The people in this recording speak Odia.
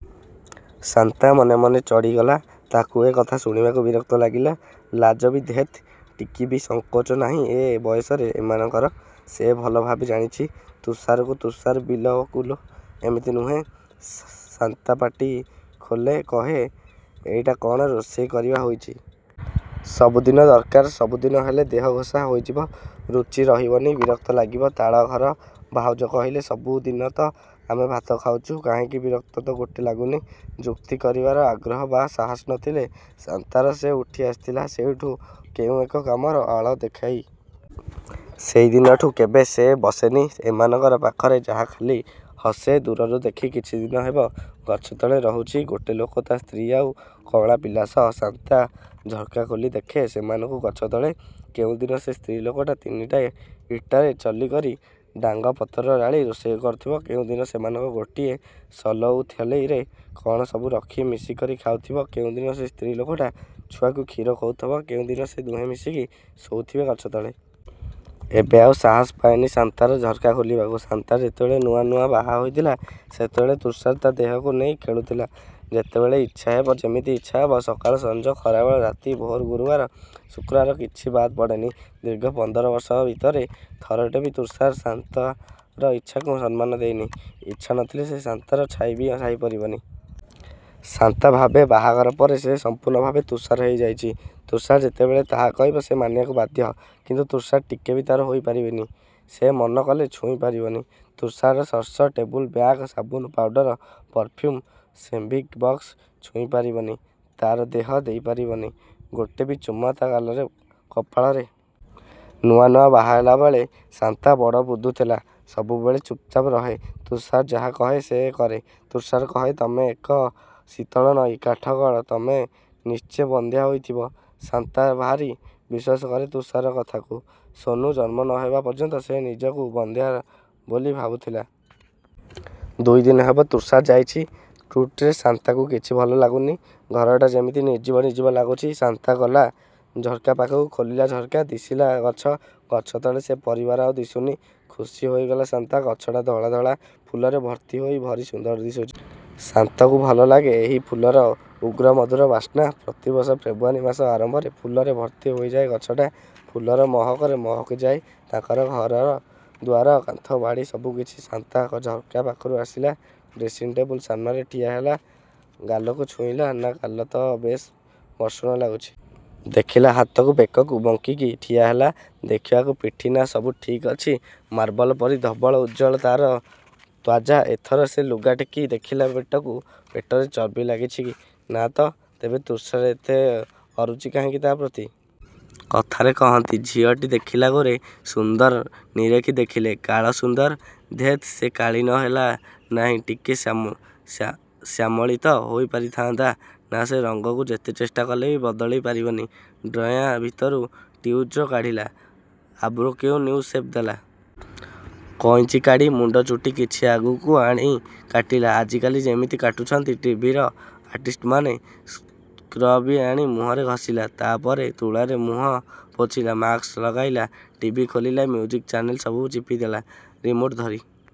'' ଶାନ୍ତା ମନେମନେ ଚିଡ଼ିଗଲା ତାକୁ ଏ କଥା ଶୁଣିବାକୁ ବିରକ୍ତ ଲାଗଲା, ଲାଜ ବି। ଧେତ୍ ଟିକେବି ସଂକୋଚ ନାହିଁ ଏ ବୟସରେ ଏମାନଙ୍କର।। ସେ ଭଲଭାବେ ଜାଣିଛି ତୁଷାରକୁ। ତୁଷାର ବିଲକୁଲ ଏମିତି ନୁହେଁ। ଶାନ୍ତା ପାଟି ଖୋଲେ। କାହେ, ''ଏଇଟା କଣ ରୋଷେଇ କରିବା ହୋଇଛି। ସବୁଦିନ ଦରକାର। ସବୁଦିନ ହେଲେ ଦେହଘଷା ହୋଇଯିବ ରୁଚି ରହବନି, ବିରକ୍ତ ଲାଗିବ। ତଳଘର ଭାଉଜ କହିଲେ, ''ସବୁଦିନତ ଆମେ ଭାତ ଖାଉଛୁ କାହିଁକି ବିରକ୍ତ ତ ମୋଟେ ଲାଗୁନି। ଯୁକ୍ତି କରିବାର ଆଗ୍ରହ ବା ସାହସ ନ ଥିଲା ଶାନ୍ତାର ସେ ଉଠି ଆସିଥିଲା ସେଇଠୁ କେଉଁ ଏକ କାମର ଆଳ ଦେଖାଇ। ସେଇ ଦିନଠୁ କେବେ ସେ ବସେନି ସେମାନଙ୍କ ପାଖରେ। ଯାହାଖାଲି ହସେ ଦୂରରୁ ଦେଖି। କିଛିଦିନ ହେବ ଗଛତଳେ ରହୁଛି ଗୋଟେ ଲୋକ ତା' ସ୍ତ୍ରୀ ଆଉ କଅଁଳା ପିଲାସହ। ଶାନ୍ତା ଝର୍କା ଖୋଲିଲେ ଦେଖେ ସେମାନଙ୍କୁ ଗଛତଳେ। କେଉଁଦିନ ସେ ସ୍ତ୍ରୀଲୋକଟା ତିନିଟା ଇଟାରେ ଚଲିକରି ଡାଙ୍ଗ, ପତର ଜାଳି ରୋଷେଇ କରୁଥିବ, କେଉଁଦିନ ସେମାନେ ଗୋଟିଏ ସଲଉଥାଳିରେ କ'ଣ ସବୁ ରଖି ମିଶିକରି ଖାଉଥିବେ, କେଉଁଦିନ ସେ ସ୍ତ୍ରୀ ଲୋକଟା ଛୁଆକୁ ଖୀର ଖୋଉଥିବ, କେଉଁଦିନ ସେ ଦୁହେଁ ମିଶିକି ଶୋଉଥିବେ ଗଛତଳେ। ଏବେ ଆଉ ସାହସ ପାଏନି ଶାନ୍ତାର ଝର୍କା ଖୋଲିବାକୁ। ଶାନ୍ତା ଯେତେବେଳେ ନୂଆ ନୂଆ ବାହାହୋଇଥିଲା ସେତେବେଳେ ତୁଷାର ତା' ଦେହକୁ ନେଇ ଖେଳୁଥିଲା। ଯେତେବେଳେ ଇଚ୍ଛାହେବ ଯେମିତି ଇଚ୍ଛାହେବ। ସକାଳ, ସଂଜ, ଖରାବେଳ, ରାତି, ଭୋର, ଗୁରବାର, ଶୁକ୍ରବାର କିଛି ବାଦ୍ ପଡ଼େନି। ଦୀର୍ଘ ପନ୍ଦର ବର୍ଷ ଭିତରେ ଥରଟେ ବି ତୁଷାର ଶାନ୍ତାର ଇଚ୍ଛାକୁ ସମ୍ମାନ ଦେଇନି, ଇଚ୍ଛାନଥିଲେ ସେ ଶାନ୍ତାର ଛାଇକୁ ବି ସହିପାରିବନି। ଶାନ୍ତା ଭାବେ ବାହାଘର ପରେ ସେ ସଂପୂର୍ଣ୍ଣଭାବେ ତୁଷାରର ହେଇଯାଇଛି। ତୁଷାର ଯେତେବେଳେ ଯାହା କହିବ ସେ ମାନିବାକୁ ବାଧ୍ୟ। କିନ୍ତୁ ତୁଷାର ଟିକେ ବି ତା'ର ହୋଇପାରିନି, ସେ ମନ କଲେ ଛୁଇଁ ପାରିବନି ତୁଷାରର ପର୍ସ, ଟେବୁଲ, ବ୍ୟାଗ୍, ସାବୁନ, ପାଉଡ଼ର, ପରଫ୍ୟୁମ୍, ସେଭିଂଗ ବକ୍ସ, ଛୁଇଁ ପାରିବନି ତା'ର ଦେହ, ଦେଇପାରିବନି ଗୋଟେ ବି ଚୁମା ତା' ଗାଲରେ କପାଳରେ। ନୂଆ ନୂଆ ବାହା ହେଲାବେଳେ ଶାନ୍ତା ବଡ଼ ବୁଦ୍ଦୁ ଥିଲା ସବୁବେଳେ ଚୂପ୍ଚାପ ରହେ। ତୁଷାର ଯାହାକହେ ସେ କରେ। ତୁଷାର କହେ ତମେ ଏକ ଶୀତଳ ନଈ। କାଠଗଡ଼। ତମେ ନିଶ୍ଚେ ବନ୍ଧ୍ୟା ହୋଇଥିବ। ଶାନ୍ତା ଭାରି ବିଶ୍ୱାସ କରେ ତୁଷାରର କଥାକୁ। ସୋନୁ ଜନ୍ମ ନ ହେବା ପର୍ଯ୍ୟନ୍ତ ସେ ନିଜକୁ ବନ୍ଧ୍ୟା ବୋଲି ଭାବୁଥିଲା। ଦୁଇଦିନ ହେବ ତୁଷାର ଯାଇଛି ଟୁରରେ ଶାନ୍ତାକୁ କିଛି ଭଲଲାଗୁନି। ଘରଟା କେମିତି ନିର୍ଜିବ ନିର୍ଜିବ ଲାଗୁଛି। ଶାନ୍ତା ଗଲା ଝର୍କାପାଖକୁ, ଖୋଲିଲା ଝର୍କା। ଦିଶିଲା ଗଛ। ଗଛ ତଳେ ସେ ପରିବାର ଆଉ ଦିଶୁନି। ଖୁସି ହୋଇଗଲା ଶାନ୍ତା। ଗଛଟା ଧଳାଧଳା ଫୁଲରେ ଭର୍ତ୍ତି ହୋଇ ଭାରି ସୁଦର ଦିଶୁଛି। ଶାନ୍ତାକୁ ଭଲଲାଗେ ଏହି ଫୁଲର ଉଗ୍ରମଧୁର ବାସ୍ନା। ପ୍ରତିବର୍ଷ ଫେବୃଆରୀ ମାସର ଆରମ୍ଭରେ ଫୁଲରେ ଭର୍ତ୍ତି ହୋଇଯାଏ ଗଛଟା...। ଫୁଲର ମହକରେ ମହକିଯାଏ ତାଙ୍କର ଘର, ଦ୍ୱାର, କାନ୍ଥବାଡ଼ ସବୁକିଛି। ଶାନ୍ତା ଝର୍କାପାଖରୁ ଆସିଲା, ଡ୍ରେସିଂଟେବୁଲ ସାମ୍ନାରେ ଠିଆ ହେଲା। ଗାଲକୁ ଛୁଇଁଲା, ନା ଗାଲତ ବେଶ୍ ମସୃଣ ଲାଗୁଛି। ଦେଖିଲା ହାତକୁ, ବେକକୁ, ବଙ୍କିକି ଠିଆ ହେଲା ଦେଖିବାକୁ ପିଠି, ନା ସବୁ ଠିକ୍ ଅଛି। ମାର୍ବଲପରି ଧବଳ, ଉଜ୍ଜ୍ୱଳ ତା'ର ତ୍ୱାଚା ଏଥର ସେ ଲୁଗା ଟେକି ଦେଖିଲା ପେଟକୁ, ପେଟରେ ଚର୍ବି ଲାଗିଛିକି, ନା' ତ। ତେବେ ତୁଷାରର ଏତେ ଅରୁଚି କାହିଁକି ତା'ପ୍ରତି। କଥାରେ କହନ୍ତି, ''ଝଅଟି ଦେଖିଲେ ଗୋରି ସୁନ୍ଦର ନିରେଖି ଦେଖିଲେ କାଳି ସୁନ୍ଦର। '' ଧେତ୍ ସେ କାଳି ନ ହେଲା ନାହିଁ ଟିକେ ଶ୍ୟାମଳୀତ ହୋଇପାରଥାନ୍ତା। ନା। ସେ ରଂଗକୁ ଯେତେ ଚେଷ୍ଟାକଲେ ବି ବଦଳେଇ ପାରିବନି। ଡ୍ରୟାର ଭିତରୁ ଟ୍ୟୁଜର କାଢ଼ିଲା, ଆଇବ୍ରୋକୁ ନୂଆ ସେପ୍ ଦେଲା। କଇଁଚି କାଢ଼ି, ମୁଣ୍ଡ ଚୁଟି କିଛି ଆଗକୁ ଆଣି କାଟିଲା ଆଜିକାଲି ଯେମିତି କାଟୁଛନ୍ତି ଟିଭିର ଆର୍ଟିଷ୍ଟମାନେ। ସ୍କ୍ରବ ଆଣି ମୁହଁରେ ଘଷିଲା। ତା'ପରେ ତୁଳାରେ ମୁହଁ ପୋଛିଲା ମାକ୍ସ ଲଗାଇଲା। ଟିଭି ଖୋଲିଲା ମ୍ୟୁଜିକ ଚ୍ୟାନେଲ ସବୁ ଚିପିଚାଲିଲା, ରିମୋଟ ଧରି।